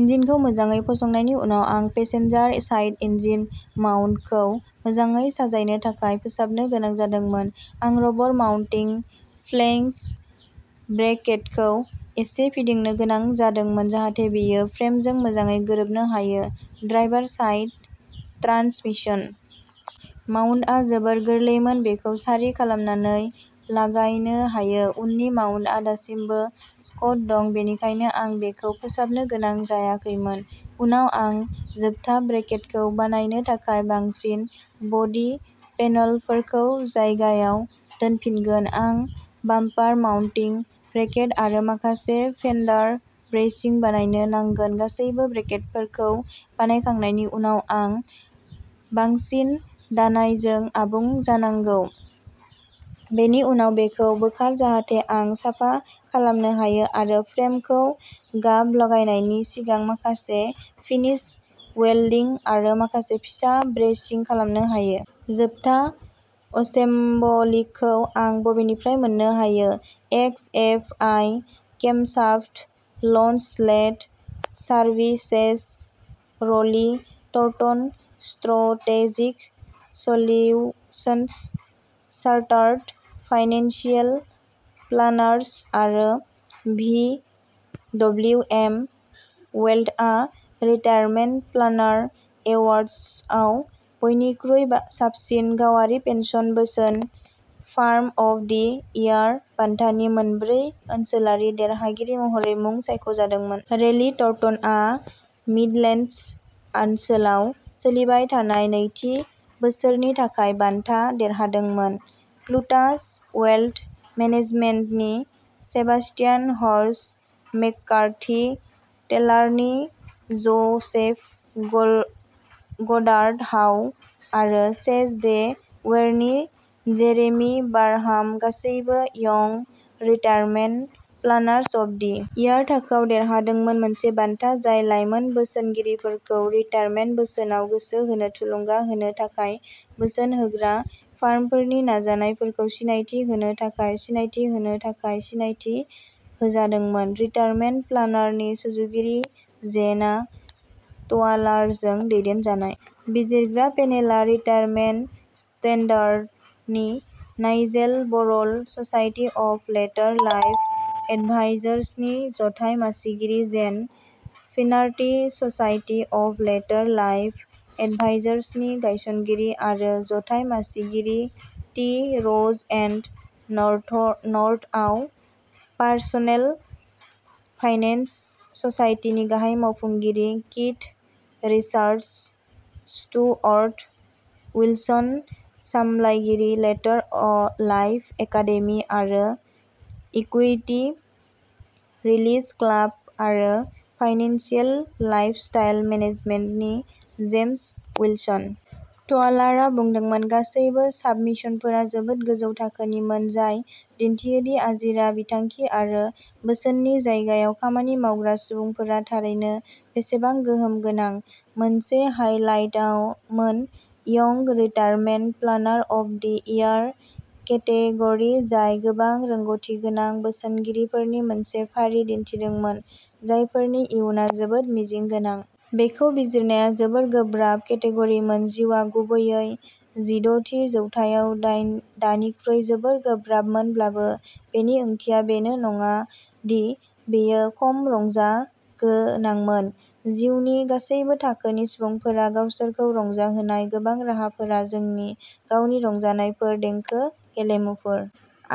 इन्जिनखौ मोजाङै फसंनायनि उनाव आं पेसेन्जार साइड इन्जिन माउन्टखौ मोजाङै साजायनो थाखाय फोसाबनो गोनां जादोंमोन। आं रबर माउन्टिं फ्लेंज ब्रेकेटखौ एसे फिदिंनो गोनां जादोंमोन जाहाथे बेयो फ्रेमजों मोजाङै गोरोबनो हायो ड्राइभार साइड ट्रान्समिसन माउन्टआ जोबोद गोरलैमोन बेखौ सारि खालामनानै लागायनो हायो उननि माउन्टआ दासिमबो स्टक दं बेनिखायनो आं बेखौ फोसाबनो गोनां जायाखैमोन उनाव आं जोबथा ब्रेकेटखौ बानायनो थाखाय बांसिन बडी पेनोलफोरखौ जायगायाव दोनफिनगोन आं बाम्पार माउन्टिं ब्रेकेट आरो माखासे फेन्डार ब्रेसिं बानायनो नांगोन गासैबो ब्रेकेटफोरखौ बानायखांनायनि उनाव आं बांसिन दानायजों आबुं जानांगौ बेनि उनाव बेखौ बोखार जाहाथे आं साफा खालामनो हायो आरो फ्रेमखौ गाब लागायनायनि सिगां माखासे फिनिश वेल्डिं आरो माखासे फिसा ब्रेसिं खालामनो हायो। जोबथा असेम्बलिखौ आं बबेनिफ्राय मोन्नो हायो X F I Camshaft Lonsdale services Rowley Turton strategic solutions chartered financial planners आरो भि डब्लिउ एम वेल्थआ रिटायारमेन्ट प्लानार एवार्ड्सआव बयनिख्रुइ साबसिन गावारि पेन्सन बोसोन फार्म अफ दि इयार बान्थानि मोनब्रै ओनसोलारि देरहागिरि महरै मुं सायख'जादोंमोन। र'ली टर्टनआ मिडलेन्डस ओनसोलाव सोलिबाय थानाय नैथि बोसोरनि थाखाय बान्था देरहादोंमोन प्लुटास वेल्थ मेनेजमेन्टनि सेबास्तियान हर्स्ट मेककार्थी टेलारनि ज'सेफ ग'डार्ड हाउ आरो चेज डे वेरनि जेरेमी बारहाम गासैबो young retirement planners of the year थाखोआव देरहादोंमोन मोनसे बान्था जाय लाइमोन बोसोनगिरिफोरखौ रिटायारमेन्ट बोसोनआव गोसो होनो थुलुंगा होनो थाखाय बोसोन होग्रा फार्मफोरनि नाजानायफोरखौ सिनायथि होनो थाखाय सिनायथि होनो थाखाय सिनायथि होजादोंमोन रिटायारमेन्ट प्लानारनि सुजुगिरि जेना ट'वालारजों दैदेनजानाय बिजिरग्रा पेनेलआ रिटायारमेन्ट स्टान्डार्डनि Nigel Barrell society of Later Life एडभाइजार्सनि जथाय मासिगिरि Jane Finerty society of Later Life एडभाइजार्सनि गायसनगिरि आरो जथाय मासिगिरि टि र'ज एन्ड नर्थआव पार्सनेल फाइनेन्स ससाइटिनि गाहाय मावफुंगिरि कीथ रिचार्ड्स स्टुअर्ट विल्सन सामलायगिरि लेटर लाइफ एकादेमि आरो इक्युइटि रिलिज क्लाब आरो फाइनेन्सियेल लाइफस्टाइल मेनेजमेन्टनि जेम्स विल्सन। ट'वालारआ बुंदोंमोन गासिबो साबमिशनफोरा जोबोद गोजौ थाखोनिमोन जाय दिन्थियो दि आजिरा बिथांखि आरो बोसोननि जायगायाव खामानि मावग्रा सुबुंफोरा थारैनो बेसेबां गोहोम गोनां। मोनसे हाइलाइटआमोन young retirement planner of the year category जाय गोबां रोंग'थिगोनां बोसोनगिरिफोरनि मोनसे फारि दिन्थिदोंमोन जायफोरनि इयुनआ जोबोद मिजिं गोनां। बेखौ बिजिरनाया जोबोद गोब्राब केटेग'रिमोन। जिउआ गुबैयै जिद'थि जौथायाव दानिख्रुइ जोबोद गोब्राबमोनब्लाबो बेनि ओंथिया बेनो नङा दि बेयो खम रंजागोनांमोन। जिउनि गासैबो थाखोनि सुबुंफोरा गावसोरखौ रंजाहोनाय गोबां राहाफोरा जोंनि गावनि रंजानायफोर देंखो गेलेमुफोर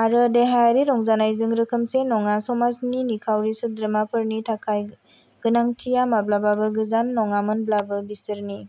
आरो देहायारि रंजानायजों रोखोमसे नङा समाजनि निखावरि सोद्रोमाफोरनि थाखाय गोनांथिआ माब्लाबाबो गोजान नङामोनब्लाबो बिसोरनि